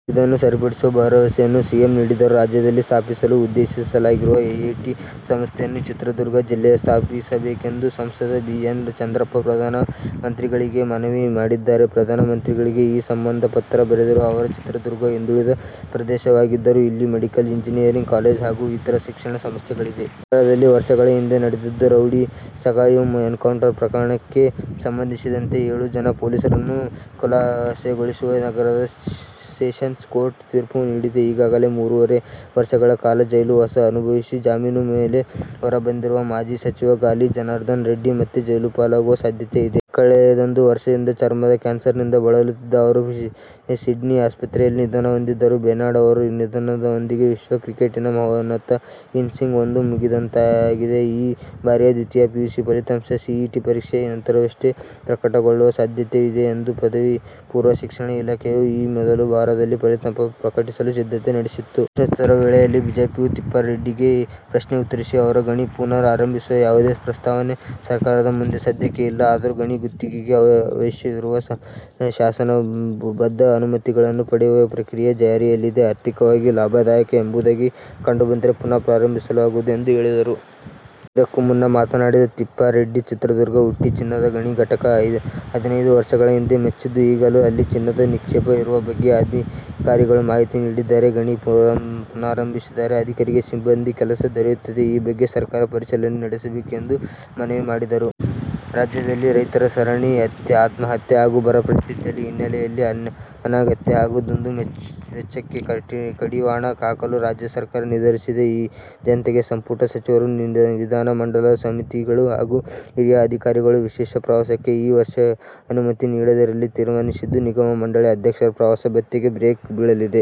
ಇದನ್ನು ಸರಿಪಡಿಸುವ ಭರವಸೆಯನ್ನು ಸಿಎಂ ನೀಡಿದ್ದರು. ರಾಜ್ಯದಲ್ಲಿ ಸ್ಥಾಪಿಸಲು ಉದ್ದೇಶಿಸಲಾಗಿರುವ ಐಐಟಿ ಸಂಸ್ಥೆಯನ್ನು ಚಿತ್ರದುರ್ಗ ಜಿಲ್ಲೆಯಲ್ಲಿ ಸ್ಥಾಪಿಸಬೇಕೆಂದು ಸಂಸದ ಬಿ. ಎನ್. ಚಂದ್ರಪ್ಪ ಪ್ರಧಾನ ಮಂತ್ರಿಗಳಿಗೆ ಮನವಿ ಮಾಡಿದ್ದಾರೆ. ಪ್ರಧಾನ ಮಂತ್ರಿಗಳಿಗೆ ಈ ಸಂಬಂಧ ಪತ್ರ ಬರೆದಿರುವ ಅವರು, ಚಿತ್ರದುರ್ಗವು ಹಿಂದುಳಿದ ಪ್ರದೇಶವಾಗಿದ್ದರೂ ಇಲ್ಲಿ ಮೆಡಿಕಲ್, ಇಂಜಿನಿಯರಿಂಗ್ ಕಾಲೇಜು ಹಾಗೂ ಇತರ ಶಿಕ್ಷಣ ಸಂಸ್ಥೆಗಳಿವೆ. ನಗರದಲ್ಲಿ ವರ್ಷಗಳ ಹಿಂದೆ ನಡೆದಿದ್ದ ರೌಡಿ ಸಗಾಯಮ್ ಎನ್ಕೌಂಟರ್ ಪ್ರಕರಣಕ್ಕೆ ಸಂಬಂಧಿಸಿದಂತೆ ಏಳು ಜನ ಪೊಲೀಸರನ್ನು ಖುಲಾಸೆಗೊಳಿಸಿ ನಗರದ ಸೆಷೆನ್ಸ್ ಕೋರ್ಟ್ ತೀರ್ಪು ನೀಡಿದೆ. ಈಗಾಗಲೇ ಮೂರುವರೆ ವರ್ಷಗಳ ಕಾಲ ಜೈಲುವಾಸ ಅನುಭವಿಸಿ ಜಾಮೀನಿನ ಮೇಲೆ ಹೊರ ಬಂದಿರುವ ಮಾಜಿ ಸಚಿವ ಗಾಲಿ ಜನಾರ್ದನ ರೆಡ್ಡಿ ಮತ್ತೆ ಜೈಲುಪಾಲಾಗುವ ಸಾಧ್ಯತೆ ಇದೆ. ಕಳೆದೊಂದ ವರ್ಷದಿಂದ ಚರ್ಮದ ಕ್ಯಾನ್ಸರ್ನಿಂದ ಬಳಲುತ್ತಿದ್ದ ಅವರು ಸಿಡ್ನಿ ಆಸ್ಪತ್ರೆಯಲ್ಲಿ ನಿಧನಹೊಂದಿದರು. ಬೆನಾಡ್ ಅವರ ನಿಧನದೊಂದಿಗೆ ವಿಶ್ವ ಕ್ರಿಕೆಟಿನ ಮಹೋನ್ನತ ಇನ್ನಿಂಗ್ಸ್ ಒಂದು ಮುಗಿದಂತಾಗಿದೆ. ಈ ಬಾರಿಯ ದ್ವಿತೀಯ ಪಿಯುಸಿ ಫಲಿತಾಂಶ ಸಿಇಟಿ ಪರೀಕ್ಷೆಯ ನಂತರವಷ್ಟೇ ಪ್ರಕಟಗೊಳ್ಳುವ ಸಾಧ್ಯತೆಯಿದೆ. ಪದವಿ ಪೂರ್ವ ಶಿಕ್ಷಣ ಇಲಾಖೆಯು ಮೇ ಮೊದಲ ವಾರದಲ್ಲಿ ಫಲಿತಾಂಶ ಪ್ರಕಟಿಸಲು ಸಿದ್ಧತೆ ನಡೆಸಿತ್ತು. ಪ್ರಶ್ನೋತ್ತರ ವೇಳೆಯಲ್ಲಿ ಬಿಜೆಪಿಯ ತಿಪ್ಪಾರೆಡ್ಡಿಗೆ ಪ್ರಶ್ನೆಗೆ ಉತ್ತರಿಸಿದ ಅವರು, ಗಣಿ ಪುನರ್ ಆರಂಭಿಸುವ ಯಾವುದೇ ಪ್ರಸ್ತಾವನೆ ಸರ್ಕಾರದ ಮುಂದೆ ಸದ್ಯಕ್ಕೆ ಇಲ್ಲ. ಆದರೂ ಗಣಿ ಗುತ್ತಿಗೆಗೆ ಅವಶ್ಯವಿರುವ ಶಾಸನಬದ್ಧ ಅನುಮತಿಗಳನ್ನು ಪಡೆಯುವ ಪ್ರಕ್ರಿಯೆ ಜಾರಿಯಲ್ಲಿದೆ. ಆರ್ಥಿಕವಾಗಿ ಲಾಭದಾಯಕ ಎಂಬುದಾಗಿ ಕಂಡುಬಂದರೆ ಪುನರ್ ಪ್ರಾರಂಭಿಸಲಾಗುವುದು ಎಂದು ಹೇಳಿದರು. ಇದಕ್ಕೂ ಮುನ್ನ ಮಾತನಾಡಿದ ತಿಪ್ಪಾರೆಡ್ಡಿ, ಚಿತ್ರದುರ್ಗದ ಹಟ್ಟಿ ಚಿನ್ನದ ಗಣಿ ಘಟಕ ಹದಿನೈದು ವರ್ಷಗಳ ಹಿಂದೆ ಮುಚ್ಚಿದ್ದು, ಈಗಲೂ ಅಲ್ಲಿ ಚಿನ್ನದ ನಿಕ್ಷೇಪ ಇರುವ ಬಗ್ಗೆ ಅಧಿಕಾರಿಗಳು ಮಾಹಿತಿ ನೀಡಿದ್ದಾರೆ. ಗಣಿ ಪುನರಾರಂಭಿಸಿದರೆ ಅಧಿಕಾರಿ-ಸಿಬ್ಬಂದಿಗೆ ಕೆಲಸ ದೊರೆಯುತ್ತದೆ. ಈ ಬಗ್ಗೆ ಸರ್ಕಾರ ಪರಿಶೀಲನೆ ನಡೆಸಬೇಕು ಎಂದು ಮನವಿ ಮಾಡಿದರು. ರಾಜ್ಯದಲ್ಲಿ ರೈತರ ಸರಣಿ ಆತ್ಮಹತ್ಯೆ ಹಾಗೂ ಬರ ಪರಿಸ್ಥಿತಿ ಹಿನ್ನೆಲೆಯಲ್ಲಿ ಅನಗತ್ಯ ಹಾಗೂ ದುಂದು ವೆಚ್ಚಕ್ಕೆ ಕಡಿವಾಣ ಹಾಕಲು ರಾಜ್ಯ ಸರ್ಕಾರ ನಿರ್ಧರಿಸಿದೆ. ಜತೆಗೆ ಸಂಪುಟ ಸಚಿವರು, ವಿಧಾನಮಂಡಲದ ಸಮಿತಿಗಳು ಹಾಗೂ ಹಿರಿಯ ಅಧಿಕಾರಿಗಳ ವಿದೇಶ ಪ್ರವಾಸಕ್ಕೆ ಈ ವರ್ಷ ಅನುಮತಿ ನೀಡದಿರಲು ತೀರ್ಮಾನಿಸಿದ್ದು, ನಿಗಮ-ಮಂಡಳಿ ಅಧ್ಯಕ್ಷರ ಪ್ರವಾಸ ಭತ್ಯೆಗೂ ಬ್ರೇಕ್ ಬೀಳಲಿದೆ.